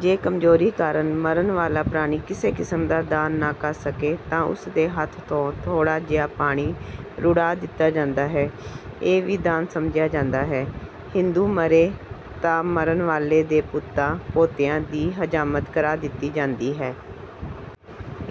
ਜੇ ਕਮਜ਼ੋਰੀ ਕਾਰਣ ਮਰਨ ਵਾਲਾ ਪ੍ਰਾਣੀ ਕਿਸੇ ਕਿਸਮ ਦਾ ਦਾਨ ਨਾ ਕਰ ਸਕੇ ਤਾਂ ਉਸਦੇ ਹੱਥ ਤੋਂ ਥੋੜਾ ਜਿਹਾ ਪਾਣੀ ਰੁੜ੍ਹਾ ਦਿੱਤਾ ਜਾਂਦਾ ਹੈ। ਇਹ ਵੀ ਦਾਨ ਸਮਝਿਆ ਜਾਂਦਾ ਹੈ। ਹਿੰਦੂ ਮਰੇ ਤਾਂ ਮਰਨ ਵਾਲੇ ਦੇ ਪੁੱਤਾਂ ਪੋਤਿਆਂ ਦੀ ਹਜਾਮਤ ਕਰਾ ਦਿੱਤੀ ਜਾਂਦੀ ਹੈ।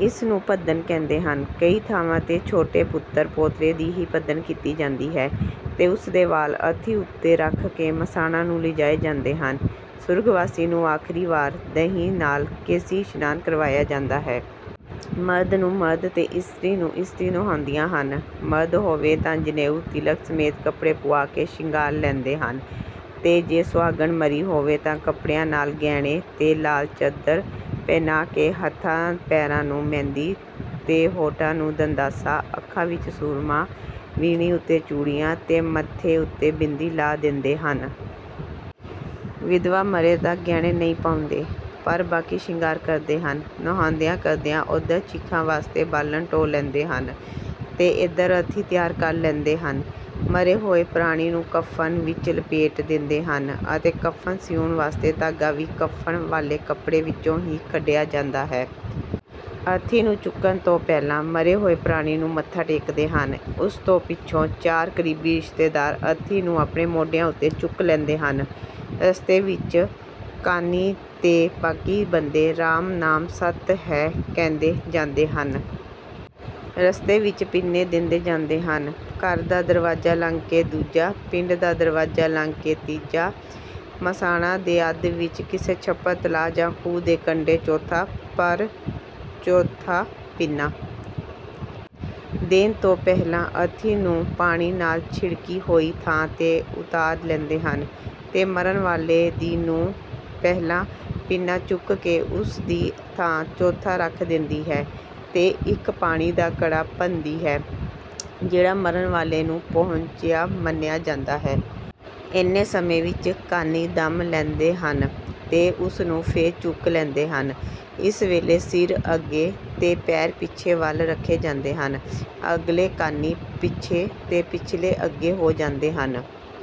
ਇਸਨੂੰ ਭੱਦਣ ਕਹਿੰਦੇ ਹਨ। ਕਈ ਥਾਵਾਂ ਤੇ ਛੋਟੇ ਪੁੱਤਰ ਪੋਤਰੇ ਦੀ ਹੀ ਭੱਦਣ ਕੀਤੀ ਜਾਂਦੀ ਹੈ ਤੇ ਉਸਦੇ ਵਾਲ ਅਰਥੀ ਉੱਤੇ ਰੱਖ ਕੇ ਮਸਾਣਾਂ ਨੂੰ ਲਿਜਾਏ ਜਾਂਦੇ ਹਨ। ਸੁਰਗਵਾਸੀ ਨੂੰ ਆਖਰੀ ਵਾਰ ਦਹੀਂ ਨਾਲ ਕੇਸੀ ਇਸ਼ਨਾਨ ਕਰਵਾਇਆ ਜਾਂਦਾ ਹੈ। ਮਰਦ ਨੂੰ ਮਰਦ ਤੇ ਇਸਤਰੀ ਨੂੰ ਇਸਤਰੀ ਨਹਾਉਂਦੀਆਂ ਹਨ। ਮਰਦ ਹੋਵੇ ਤਾਂ ਜਨੇਊ ਤਿਲਕ ਸਮੇਤ ਕੱਪੜੇ ਪੁਆ ਕੇ ਸ਼ਿੰਗਾਰ ਲੈਂਦੇ ਹਨ ਤੇ ਜੇ ਸੁਹਾਗਣ ਮਰੀ ਹੋਵੇ ਤਾਂ ਕੱਪੜਿਆਂ ਨਾਲ ਗਹਿਣੇ ਤੇ ਲਾਲ ਚੱਦਰ ਪਹਿਨਾ ਕੇ ਹੱਥਾਂ ਪੈਰਾਂ ਨੂੰ ਮਹਿੰਦੀ ਤੇ ਹੋਠਾਂ ਨੂੰ ਦੰਦਾਸਾ, ਅੱਖਾਂ ਵਿੱਚ ਸੁਰਮਾ, ਵੀਣੀ ਉੱਤੇ ਚੂੜੀਆਂ ਤੇ ਮੱਥੇ ਉੱਤੇ ਬਿੰਦੀ ਲਾ ਦਿੰਦੇ ਹਨ। ਵਿਧਵਾ ਮਰੇ ਤਾਂ ਗਹਿਣੇ ਨਹੀਂ ਪਾਉਂਦੇ ਪਰ ਬਾਕੀ ਸ਼ਿੰਗਾਰ ਕਰਦੇ ਹਨ। ਨਹਾਉਂਦਿਆ ਕਰਦਿਆਂ, ਉਧਰ ਚਿਖਾ ਵਾਸਤੇ ਬਾਲਣ ਢੋਹ ਲੈਂਦੇ ਹਨ ਤੇ ਇਧਰ ਅਰਥੀ ਤਿਆਰ ਕਰ ਲੈਂਦੇ ਹਨ। ਮਰੇ ਹੋਏ ਪ੍ਰਾਣੀ ਨੂੰ ਕੱਫ਼ਣ ਵਿੱਚ ਲਪੇਟ ਦਿੰਦੇ ਹਨ ਅਤੇ ਕੱਫ਼ਣ ਸੀਊਣ ਵਾਸਤੇ ਧਾਗਾ ਵੀ ਕੱਫ਼ਣ ਵਾਲੇ ਕੱਪੜੇ ਵਿੱਚੋਂ ਹੀ ਕੱਢਿਆ ਜਾਂਦਾ ਹੈ। ਅਰਥੀ ਨੂੰ ਚੁੱਕਣ ਤੋਂ ਪਹਿਲਾਂ ਮਰੇ ਹੋਏ ਪ੍ਰਾਣੀ ਨੂੰ ਮੱਥਾ ਟੇਕਦੇ ਹਨ। ਉਸ ਤੋਂ ਪਿਛੋਂ ਚਾਰ ਕਰੀਬੀ ਰਿਸ਼ਤੇਦਾਰ ਅਰਥੀ ਨੂੰ ਆਪਣੇ ਮੋਢਿਆਂ ਉੱਤੇ ਚੁੱਕ ਲੈਂਦੇ ਹਨ। ਰਸਤੇ ਵਿੱਚ ਕਾਨ੍ਹੀ ਤੇ ਬਾਕੀ ਬੰਦੇ 'ਰਾਮ ਨਾਮ ਸਤਿ ਹੈ' ਕਹਿੰਦੇ ਜਾਂਦੇ ਹਨ। ਰਸਤੇ ਵਿੱਚ ਪਿੰਨੇ ਦਿੰਦੇ ਜਾਂਦੇ ਹਨ ਘਰ ਦਾ ਦਰਵਾਜ਼ਾ ਲੰਘ ਕੇ ਦੂਜਾ, ਪਿੰਡ ਦਾ ਦਰਵਾਜ਼ਾ ਲੰਘ ਕੇ ਤੀਜਾ, ਮਸਾਣਾਂ ਦੇ ਅੱਧ ਵਿੱਚ ਕਿਸੇ ਛੱਪੜ, ਤਲਾਬ ਜਾਂ ਖੂਹ ਦੇ ਕੰਢੇ ਚੌਥਾ, ਪਰ ਚੌਥਾ ਪਿੰਨਾ ਦੇਣ ਤੋਂ ਪਹਿਲਾਂ ਅਰਥੀ ਨੂੰਪਾਣੀ ਨਾਲ ਛਿੜਕੀ ਹੋਈ ਥਾਂ ਤੇ ਉਤਾਰ ਲੈਂਦੇ ਹਨ ਤੇ ਮਰਨ ਵਾਲੇ ਦੀ ਨੂੰਹ ਪਹਿਲਾਂ ਪਿੰਨਾਂ ਚੁੱਕ ਕੇ ਉਸਦੀ ਥਾਂ ਚੌਥਾ ਰੱਖ ਦਿੰਦੀ ਹੈ ਤੇ ਇੱਕ ਪਾਣੀ ਦਾ ਘੜਾ ਭੰਨਦੀ ਹੈ ਜਿਹੜਾ ਮਰਨ ਵਾਲੇ ਨੂੰ ਪਹੁੰਚਿਆ ਮੰਨਿਆ ਜਾਂਦਾ ਹੈ। ਏਨੇ ਸਮੇਂ ਵਿੱਚ ਕਾਨ੍ਹੀ ਦਮ ਲੈਂਦੇ ਹਨ ਤੇ ਉਸਨੂੰ ਫੇਰ ਚੁੱਕ ਲੈਂਦੇ ਹਨ। ਇਸ ਵੇਲੇ ਸਿਰ ਅੱਗੇ ਤੇ ਪੈਰ ਪਿੱਛੇ ਵੱਲ ਰੱਖੇ ਜਾਂਦੇ ਹਨ। ਅਗਲੇ ਕਾਨ੍ਹੀ ਪਿੱਛੇ ਤੇ ਪਿੱਛਲੇ ਅੱਗੇ ਹੋ ਜਾਂਦੇ ਹਨ